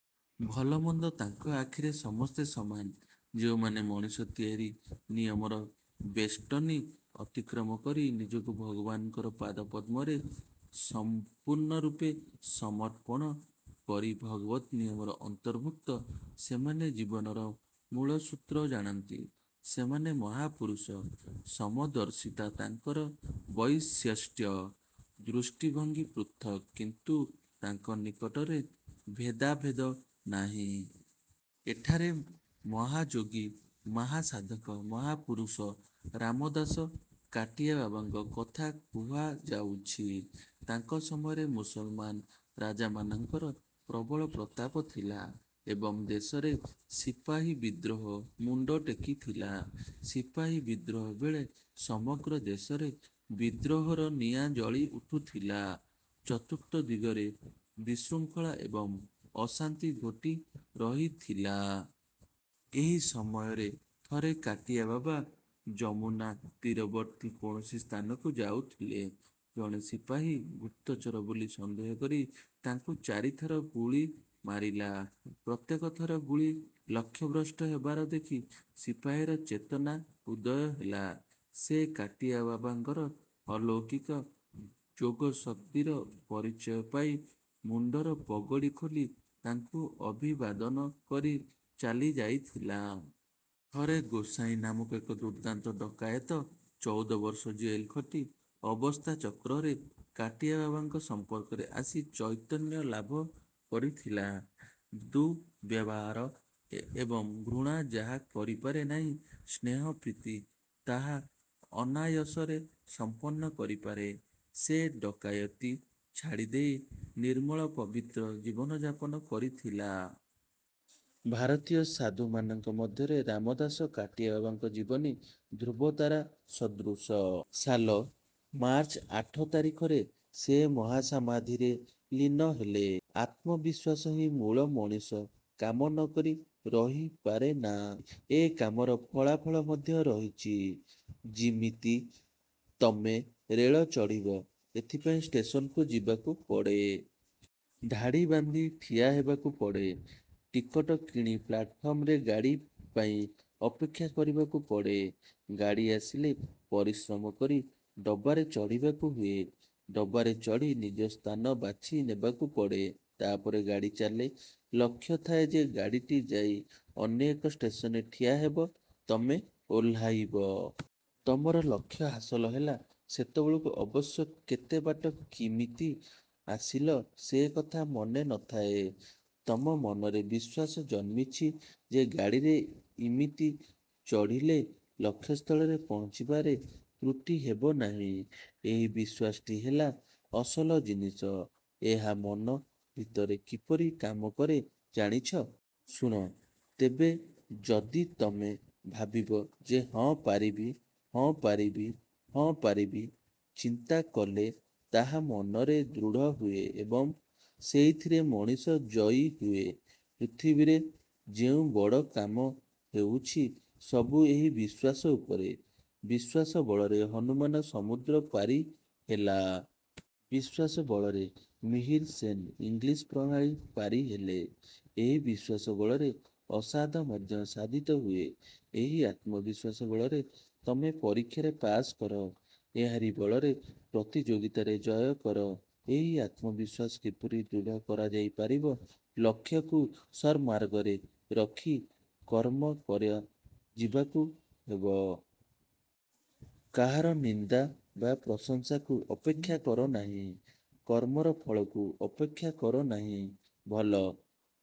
ଭଲ-ମନ୍ଦ ତାଙ୍କ ଆଖିରେ ସମସ୍ତେ ସମାନ। ଯେଉଁମାନେ ମଣିଷ ତିଆରି ନିୟମର ବେଷ୍ଟନୀ ଅତିକ୍ରମ କରି, ନିଜକୁ ଭଗବାନଙ୍କର ପାଦପଦ୍ମରେ ସଂପୂର୍ଣ୍ଣରୂପେ ସମର୍ପଣ କରି ଭଗବତ୍ ନିୟମର ଅନ୍ତର୍ଭୁକ୍ତ, ସେମାନେ ଜୀବନର ମୂଳସୂତ୍ର ଜାଣନ୍ତି। ସେମାନେ ମହାପୁରୁଷ। ସମଦର୍ଶିତା ତାଙ୍କର ବୈଶିଷ୍ଟ୍ୟ। ଦୃଷ୍ଟିଭଙ୍ଗୀ ପୃଥକ୍—କିନ୍ତୁ ତାଙ୍କ ନିକଟରେ ଭେଦାଭେଦ ନାହିଁ। ଏଠାରେ ମହାଯୋଗୀ, ମହାସାଧକ, ମହାପୁରୁଷ ରାମଦାସ-କାଟିଆବାବାଙ୍କ କଥା କୁହାଯାଉଛି। ତାଙ୍କ ସମୟରେ ମୁସଲମାନ ରାଜାମାନଙ୍କର ପ୍ରବଳ ପ୍ରତାପ ଥିଲା ଏବଂ ଦେଶରେ ସିପାହୀ ବିଦ୍ରୋହ ମୁଣ୍ଡ ଟେକିଥିଲା। ସିପାହୀ-ବିଦ୍ରୋହ ବେଳେ ସମଗ୍ର ଦେଶରେ ବିଦ୍ରୋହର ନିଆଁ ଜଳି ଉଠୁଥିଲା। ଚତୁର୍ଦ୍ଦିଗରେ ବିଶୃଙ୍ଖଳା ଏବଂ ଅଶାନ୍ତି ଘୋଟି ରହିଥିଲା। ଏହି ସମୟରେ ଥରେ କାଟିଆବାବା ଯମୁନାତୀରବର୍ତ୍ତୀ କୌଣସି ସ୍ଥାନକୁ ଯାଉଥିଲେ। ଜଣେ ସିପାହୀ ଗୁପ୍ତଚର ବୋଲି ସନ୍ଦେହ କରି ତାଙ୍କୁ ଚାରିଥର ଗୁଳି ମାରିଲା। ପ୍ରତ୍ୟେକ ଥର ଗୁଳି ଲକ୍ଷ୍ୟଭ୍ରଷ୍ଟ ହେବାର ଦେଖି ସିପାହୀର ଚେତନା-ଉଦୟ ହେଲା। ସେ କାଟିଆବାବାଙ୍କର ଅଲୌକିକ ଯୋଗଶକ୍ତିର ପରିଚୟ ପାଇ ମୁଣ୍ଡର ପଗଡ଼ି ଖୋଲି ତାଙ୍କୁ ଅଭିବାଦନ କରି ଚାଲି ଯାଇଥିଲା। ଥରେ ଗୋସାଇଁଆ ନାମକ ଏକ ଦୁର୍ଦ୍ଦାନ୍ତ ଡକାଏତ ଚଉଦ ବର୍ଷ ଜେଲ ଖଟି ଅବସ୍ଥାଚକ୍ରରେ କାଟିଆବାବାଙ୍କର ସମ୍ପର୍କରେ ଆସି ଚୈତନ୍ୟ ଲାଭ କରିଥିଲା। ଦୁର୍ବ୍ୟବହାର ଏବଂ ଘୃଣା ଯାହା କରିପାରେ ନାହିଁ, ସ୍ନେହ-ପ୍ରୀତି ତାହା ଅନାୟାସରେ ସମ୍ପନ୍ନ କରିପାରେ। ସେ ଡକାଏତି ଛାଡ଼ିଦେଇ ନିର୍ମଳ ପବିତ୍ର ଜୀବନ ଯାପନ କରିଥିଲା। ଭାରତୀୟ ସାଧୁମାନଙ୍କ ମଧ୍ୟରେ ରାମଦାସ–କାଟିଆବାବାଙ୍କ ଜୀବନୀ ଧ୍ରୁବତାରା ସଦୃଶ-। ସାଲ ମାର୍ଚ୍ଚ ଆଠ ତାରିଖରେ ସେ ମହାସମାଧିରେ ଲୀନ ହେଲେ। ଆତ୍ମବିଶ୍ୱାସ ହିଁ ମୂଳ ମଣିଷ କାମ ନ କରି ରହିପାରେନା। ଏ କାମର ଫଳାଫଳ ମଧ୍ୟ ରହିଛି। ଯିମିତି ତମେ ରେଳ ଚଢ଼ିବ; ଏଥିପାଇଁ ଷ୍ଟେସନକୁ ଯିବାକୁ ପଡ଼େ। ଧାଡ଼ି ବାନ୍ଧି ଠିଆ ହେବାକୁ ପଡ଼େ। ଟିକଟ କିଣି ପ୍ଲାଟଫର୍ମରେ ଗାଡ଼ି ପାଇଁ ଅପେକ୍ଷା କରିବାକୁ ପଡ଼େ। ଗାଡ଼ି ଆସିଲେ ପରିଶ୍ରମକରି ଡବାରେ ଚଢ଼ିବାକୁ ହୁଏ ଡବାରେ ଚଢ଼ି ନିଜ ସ୍ଥାନ ବାଛି ନେବାକୁ ପଡ଼େ। ତା'ପରେ ଗାଡ଼ି ଚାଲେ। ଲକ୍ଷ୍ୟ ଥାଏ ଯେ ଗାଡ଼ିଟି ଯାଇ ଅନ୍ୟ ଏକ ଷ୍ଟେସନରେ ଠିଆ ହେବ, ତମେ ଓହ୍ଲାଇବ। ତମର ଲକ୍ଷ୍ୟ ହାସଲ ହେଲା। ସେତେବେଳକୁ ଅବଶ୍ୟ କେତେବାଟ କିମିତି ଆସିଲ ସେ କଥା ମନେ ନ ଥାଏ। ତମ ମନରେ ବିଶ୍ୱାସ ଜନ୍ମିଛି ଯେ ଗାଡ଼ିରେ ଇମିତି ଚଢ଼ିଲେ ଲକ୍ଷ୍ୟ ସ୍ଥଳରେ ପହଞ୍ଚିବାରେ ତ୍ରୁଟି ହେବନାହିଁ। ଏହି ବିଶ୍ୱାସଟି ହେଲା ଅସଲ ଜିନିଷ। ଏହା ମନ ଭିତରେ କିପରି କାମ କରେ, ଜାଣିଛ? ଶୁଣ ତେବେ। ଯଦି ତମେ ଭାବିବ ଯେ 'ହଁ ପାରିବି, ହଁ ପାରିବି, ହଁ ପାରିବି', ଚିନ୍ତା କଲେ ତାହା ମନରେ ଦୃଢ଼ ହୁଏ ଏବଂ ସେଇଥିରେ ମଣିଷ ଜୟୀ ହୁଏ। ପୃଥିବୀରେ ଯେଉଁ ବଡ଼ କାମ ହେଉଛି ସବୁ ଏହି ବିଶ୍ୱାସ ଉପରେ। ବିଶ୍ୱାସ ବଳରେ ହନୁମାନ ସମୁଦ୍ର ପାରିହେଲା। ବିଶ୍ୱାସ ବଳରେ ମିହିର ସେନ୍ ଇଂଲିଶ୍ ପ୍ରଣାଳୀ ପାରିହେଲେ। ଏହି ବିଶ୍ୱାସ ବଳରେ ଅସାଧ୍ୟ ମଧ୍ୟ ସାଧିତ ହୁଏ। ଏହି ଆତ୍ମବିଶ୍ୱାସ ବଳରେ ତମେ ପରୀକ୍ଷାରେ ପାସ୍ କର। ଏହାରି ବଳରେ ପ୍ରତିଯୋଗିତାରେ ଜୟ କର ଏହି ଆତ୍ମବିଶ୍ୱାସ କିପରି ଦୃଢ଼ କରାଯାଇପାରିବ? ଲକ୍ଷ୍ୟକୁ ସତ୍ମାର୍ଗରେ ରଖି କର୍ମ କରିଯିବାକୁ ହେବ। କାହାର ନିନ୍ଦା ବା ପ୍ରଶଂସାକୁ ଅପେକ୍ଷା କର ନାହିଁ। କର୍ମର ଫଳକୁ ଅପେକ୍ଷା କର ନାହିଁ। ଭଲ